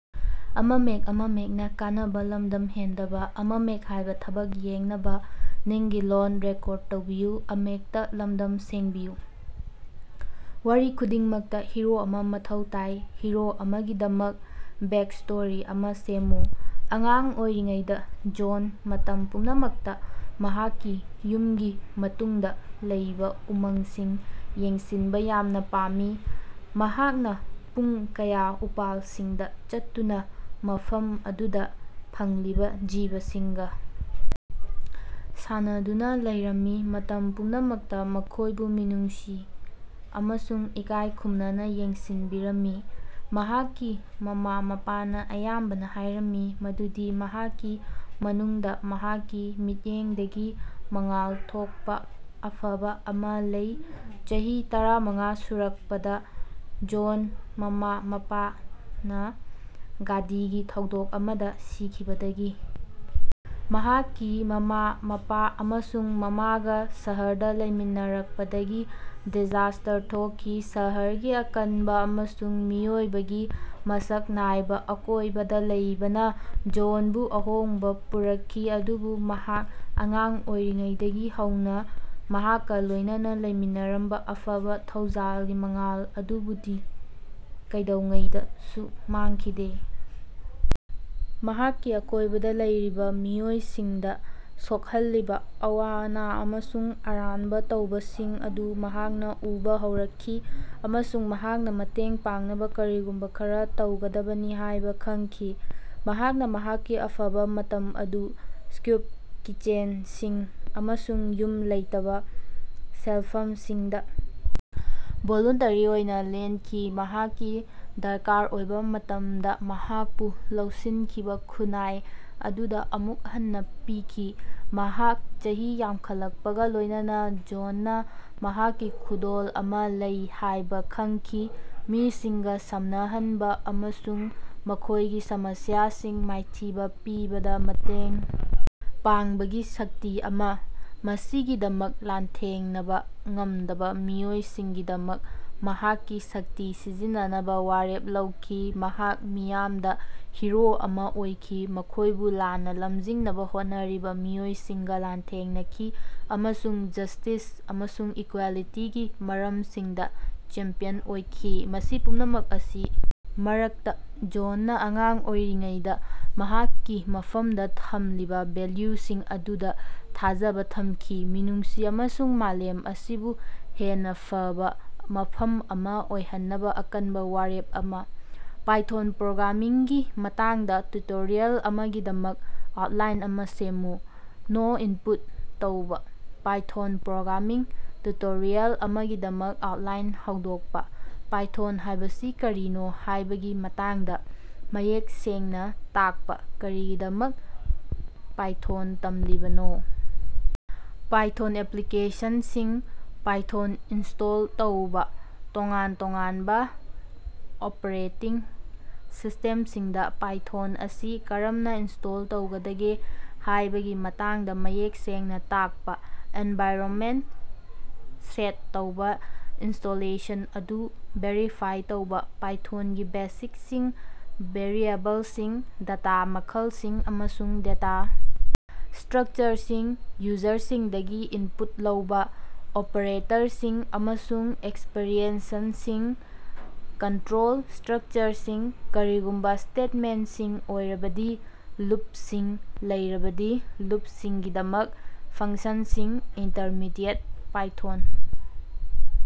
ꯋꯥꯔꯤ ꯈꯨꯗꯤꯡꯃꯛꯇ ꯍꯤꯔꯣ ꯑꯃꯥ ꯃꯊꯧ ꯇꯥꯏ꯫ ꯍꯤꯔꯣ ꯑꯃꯒꯤꯗꯃꯛ ꯕꯦꯛꯁ꯭ꯇꯣꯔꯤ ꯑꯃꯥ ꯁꯦꯝꯃꯨ꯫ ꯑꯉꯥꯡ ꯑꯣꯏꯔꯤꯉꯩꯗꯥ ꯖꯣꯟ ꯃꯇꯝ ꯄꯨꯝꯅꯃꯛꯇ ꯃꯍꯥꯛꯀꯤ ꯌꯨꯝꯒꯤ ꯃꯇꯨꯡꯗ ꯂꯩꯕꯥ ꯎꯃꯪꯁꯤꯡ ꯌꯦꯡꯁꯤꯟꯕ ꯌꯥꯝꯅ ꯄꯥꯝꯃꯤ꯫ ꯃꯍꯥꯛꯅ ꯄꯨꯡ ꯀꯌꯥ ꯎꯄꯥꯜꯁꯤꯡꯗ ꯆꯠꯇꯨꯅ ꯃꯐꯝ ꯑꯗꯨꯗ ꯐꯪꯂꯤꯕ ꯖꯤꯕꯁꯤꯡꯒ ꯁꯥꯟꯅꯗꯨꯅ ꯂꯩꯔꯝꯃꯤ, ꯃꯇꯝ ꯄꯨꯝꯅꯃꯛꯇ ꯃꯈꯣꯏꯕꯨ ꯃꯤꯅꯨꯡꯁꯤ ꯑꯃꯁꯨꯡ ꯏꯀꯥꯏ ꯈꯨꯝꯅꯅꯥ ꯌꯦꯡꯁꯤꯅꯕꯤꯔꯝꯃꯤ꯫ ꯃꯍꯥꯛꯀꯤ ꯃꯃꯥ-ꯃꯄꯥꯅꯥ ꯑꯌꯥꯝꯕꯅꯥ ꯍꯥꯏꯔꯝꯃꯤ ꯃꯗꯨꯗꯤ ꯃꯍꯥꯛꯀꯤ ꯃꯅꯨꯡꯗꯥ ꯃꯍꯥꯛꯀꯤ ꯃꯤꯠꯌꯦꯡꯗꯒꯤ ꯃꯉꯥꯜ ꯊꯣꯛꯄꯥ ꯑꯐꯕꯥ ꯑꯃꯥ ꯂꯩ꯫ ꯆꯍꯤ ꯇꯔꯥꯃꯉꯥ ꯁꯨꯔꯛꯄꯗ ꯖꯣꯟꯗꯥ ꯃꯃꯥ-ꯃꯄꯥꯅ ꯒꯥꯗꯤꯒꯤ ꯊꯧꯗꯣꯛ ꯑꯃꯗ ꯁꯤꯈꯤꯕꯗꯒꯤ ꯃꯍꯥꯛꯀꯤ ꯃꯃꯥ-ꯃꯄꯥ ꯑꯃꯁꯨꯡ ꯃꯃꯥꯒꯥ ꯁꯍꯔꯗꯥ ꯂꯩꯃꯤꯟꯅꯔꯛꯄꯗꯒꯤ ꯗꯤꯖꯥꯁ꯭ꯇꯔ ꯊꯣꯛꯈꯤ꯫ ꯁꯍꯔꯒꯤ ꯑꯀꯟꯕꯥ ꯑꯃꯁꯨꯡ ꯃꯤꯑꯣꯏꯕꯒꯤ ꯃꯁꯛ ꯅꯥꯏꯕ ꯑꯀꯣꯏꯕꯗ ꯂꯩꯕꯅꯥ ꯖ‌ꯣꯗꯥꯟꯕꯨ ꯑꯍꯣꯡꯕꯥ ꯄꯨꯔꯛꯈꯤ, ꯑꯗꯨꯕꯨ ꯃꯍꯥꯛ ꯑꯉꯥꯡ ꯑꯣꯏꯔꯤꯉꯩꯗꯒꯤ ꯍꯧꯅꯥ ꯃꯍꯥꯛꯀ ꯂꯣꯏꯅꯅꯥ ꯂꯩꯃꯤꯟꯅꯔꯝꯕꯥ ꯑꯐꯕ ꯊꯧꯖꯥꯜꯒꯤ ꯃꯉꯥꯜ ꯑꯗꯨꯗꯤ ꯀꯩꯗꯧꯉꯩꯗꯁꯨ ꯃꯥꯡꯈꯤꯗꯦ꯫ ꯃꯍꯥꯛꯀꯤ ꯑꯀꯣꯏꯕꯗꯥ ꯂꯩꯔꯤꯕꯥ ꯃꯤꯑꯣꯏꯁꯤꯡꯗ ꯁꯣꯛꯍꯜꯂꯤꯕꯥ ꯑꯋꯥ-ꯑꯅꯥ ꯑꯃꯁꯨꯡ ꯑꯔꯥꯟꯕꯥ ꯇꯧꯕꯁꯤꯡ ꯑꯗꯨ ꯃꯍꯥꯛꯅ ꯎꯕꯥ ꯍꯧꯔꯛꯈꯤ ꯑꯃꯁꯨꯡ ꯃꯍꯥꯛꯅꯥ ꯃꯇꯦꯡ ꯄꯥꯡꯅꯕꯥ ꯀꯔꯤꯒꯨꯝꯕꯥ ꯈꯔꯥ ꯇꯧꯒꯗꯕꯅꯤ ꯍꯥꯏꯕ ꯈꯪꯈꯤ꯫ ꯃꯍꯥꯛꯅ ꯃꯍꯥꯛꯀꯤ ꯑꯐꯕꯥ ꯃꯇꯝ ꯑꯗꯨ ꯁ꯭ꯌꯨꯞ ꯀꯤꯆꯦꯟꯁꯤꯡ ꯑꯃꯁꯨꯡ ꯌꯨꯝ ꯂꯩꯇꯕ ꯁꯦꯜꯐꯝꯁꯤꯡꯗꯥ ꯚꯣꯂꯨꯟꯇꯔꯤ ꯑꯣꯏꯅ ꯂꯦꯟꯈꯤ, ꯃꯍꯥꯛꯀꯤ ꯗꯔꯀꯥꯔ ꯑꯣꯏꯕꯥ ꯃꯇꯝꯗ ꯃꯍꯥꯛꯄꯨ ꯂꯧꯁꯤꯟꯈꯤꯕꯥ ꯈꯨꯟꯅꯥꯏ ꯑꯗꯨꯗ ꯑꯃꯨꯛ ꯍꯟꯅꯥ ꯄꯤꯈꯤ꯫ ꯃꯍꯥꯛ ꯆꯍꯤ ꯌꯥꯝꯈꯠꯂꯛꯄꯒꯥ ꯂꯣꯏꯅꯅꯥ ꯖ‌ꯣꯟꯗꯥꯅ ꯃꯍꯥꯛꯀꯤ ꯈꯨꯗꯣꯜ ꯑꯃꯥ ꯂꯩ ꯍꯥꯏꯕ ꯈꯪꯈꯤ ꯃꯤꯁꯤꯡꯒ ꯁꯝꯅꯍꯟꯕ ꯑꯃꯁꯨꯡ ꯃꯈꯣꯏꯒꯤ ꯁꯃꯁ꯭ꯌꯥꯁꯤꯡ ꯃꯥꯏꯊꯤꯕ ꯄꯤꯕꯗ ꯃꯇꯦꯡ ꯄꯥꯡꯕꯒꯤ ꯁꯛꯇꯤ ꯑꯃꯥ꯫ ꯃꯁꯥꯒꯤꯗꯃꯛ ꯂꯥꯟꯊꯦꯡꯅꯕꯥ ꯉꯝꯗꯕꯥ ꯃꯤꯑꯣꯏꯁꯤꯡꯒꯤꯗꯃꯛ ꯃꯍꯥꯛꯀꯤ ꯁꯛꯇꯤ ꯁꯤꯖꯤꯟꯅꯅꯕ ꯋꯥꯔꯦꯞ ꯂꯧꯈꯤ꯫ ꯃꯍꯥꯛ ꯃꯤꯌꯥꯝꯗ ꯍꯤꯔꯣ ꯑꯃꯥ ꯑꯣꯏꯈꯤ, ꯃꯈꯣꯏꯕꯨ ꯂꯥꯟꯅꯥ ꯂꯝꯖꯤꯡꯅꯕꯥ ꯍꯣꯠꯅꯔꯤꯕꯥ ꯃꯤꯑꯣꯏꯁꯤꯡꯒ ꯂꯥꯟꯊꯦꯡꯅꯈꯤ ꯑꯃꯁꯨꯡ ꯖꯁ꯭ꯇꯤꯁ ꯑꯃꯁꯨꯡ ꯏꯀꯋ‌ꯦꯂꯤꯇꯤꯒꯤ ꯃꯔꯝꯁꯤꯡꯗ ꯆꯦꯝꯄꯤꯌꯟ ꯑꯣꯏꯈꯤ꯫ ꯃꯁꯤ ꯄꯨꯝꯅꯃꯛ ꯑꯁꯤꯒꯤ ꯃꯔꯛꯇ ꯖ‌ꯣꯟꯅꯥ ꯑꯉꯥꯡ ꯑꯣꯏꯔꯤꯉꯩꯗꯥ ꯃꯍꯥꯛꯀꯤ ꯃꯐꯝꯗ ꯊꯝꯂꯝꯕ ꯚꯦꯜꯌꯨꯁꯤꯡ ꯑꯗꯨꯗ ꯊꯥꯖꯕꯥ ꯊꯝꯈꯤ ꯃꯤꯅꯨꯡꯁꯤ ꯑꯃꯁꯨꯡ ꯃꯥꯂꯦꯝ ꯑꯁꯤꯕꯨ ꯍꯦꯟꯅꯥ ꯐꯕꯥ ꯃꯐꯝ ꯑꯃꯥ ꯑꯣꯏꯍꯟꯅꯕꯥ ꯑꯀꯟꯕ ꯋꯥꯔꯦꯞ ꯑꯃꯥ꯫ ꯄꯥꯏꯊꯣꯟ ꯄ꯭ꯔꯣꯒ꯭ꯔꯥꯃꯤꯡꯒꯤ ꯃꯇꯥꯡꯗꯥ ꯇꯤꯎꯇꯣꯔꯤꯌꯥꯜ ꯑꯃꯒꯤꯗꯃꯛ ꯑꯥꯎꯠꯂꯥꯏꯟ ꯑꯃꯥ ꯁꯦꯝꯃꯨ꯫ ꯅꯣꯏꯟꯄꯨꯠ ꯇꯧꯕꯥ꯫ ꯄꯥꯏꯊꯣꯟ ꯄ꯭ꯔꯣꯒ꯭ꯔꯥꯃꯤꯡ ꯇꯤꯎꯇꯣꯔꯤꯌꯥꯜ ꯑꯃꯒꯤꯗꯃꯛ ꯑꯥꯎꯠꯂꯥꯏꯟ ꯍꯧꯗꯣꯛꯄꯥ, ꯄꯥꯏꯊꯣꯟ ꯍꯥꯏꯕꯁꯤ ꯀꯔꯤꯅꯣ ꯍꯥꯏꯕꯒꯤ ꯃꯇꯥꯡꯗ ꯃꯌꯦꯛ ꯁꯦꯡꯅꯥ ꯇꯥꯛꯄꯥ, ꯀꯔꯤꯒꯤꯗꯃꯛꯇꯥ ꯄꯥꯏꯊꯣꯟ ꯇꯝꯂꯤꯕꯅꯣ. ꯄꯥꯏꯊꯣꯟ ꯑꯦꯞꯂꯤꯀꯦꯁꯟꯁꯤꯡ꯫ ꯄꯥꯏꯊꯣꯟ ꯏꯟꯁ꯭ꯇꯣꯜ ꯇꯧꯕꯥ ꯇꯣꯉꯥꯟ ꯇꯣꯉꯥꯟꯕ ꯑꯣꯄꯔꯦꯇꯤꯡ ꯁꯤꯁ꯭ꯇꯦꯝꯁꯤꯡꯗ ꯄꯥꯏꯊꯣꯟ ꯑꯁꯤ ꯀꯔꯝꯅ ꯏꯟꯁ꯭ꯇꯣꯜ ꯇꯧꯒꯗꯒꯦ ꯍꯥꯏꯕꯒꯤ ꯃꯇꯥꯡꯗꯥ ꯃꯌꯦꯛ ꯁꯦꯡꯅ ꯇꯥꯛꯄꯥ. ꯑꯦꯟꯚꯥꯏꯔꯅꯃꯦꯟꯇ ꯁꯦꯠ ꯇꯧꯕꯥ, ꯏꯟꯁ꯭ꯇꯣꯂꯦꯁꯟ ꯑꯗꯨ ꯚꯦꯔꯤꯐꯥꯏ ꯇꯧꯕꯥ, ꯄꯥꯏꯊꯣꯟꯒꯤ ꯕꯦꯁꯤꯛꯁꯤꯡ, ꯚꯦꯔꯤꯑꯦꯕꯜꯁꯤꯡ, ꯗꯇꯥ ꯃꯈꯜꯁꯤꯡ, ꯑꯃꯁꯨꯡ ꯗꯦꯇꯥ ꯁ꯭ꯇꯔꯛꯆꯔꯁꯤꯡ, ꯌꯨꯖꯔꯁꯤꯡꯗꯒꯤ ꯏꯟꯄꯨꯠ ꯂꯧꯕꯥ, ꯑꯣꯄꯔꯦꯇꯔꯁꯤꯡ ꯑꯃꯁꯨꯡ ꯑꯦꯛꯁꯄꯔꯦꯁꯟꯁꯤꯡ, ꯀꯟꯇꯔꯣꯜ ꯁ꯭ꯇꯔꯛꯆꯔꯁꯤꯡ ꯀꯔꯤꯒꯨꯝꯕ ꯁ꯭ꯇꯦꯠꯃꯦꯟꯠꯁꯤꯡ ꯑꯣꯏꯔꯕꯗꯤ, ꯂꯨꯞꯁꯤꯡ ꯂꯩꯔꯕꯗꯤ, ꯂꯨꯞꯁꯤꯡꯒꯤꯗꯃꯛꯇ, ꯐꯪꯁꯟꯁꯤꯡ, ꯏꯟꯇꯔꯃꯤꯗꯤꯌꯦꯠ ꯄꯥꯏꯊꯣꯟ꯫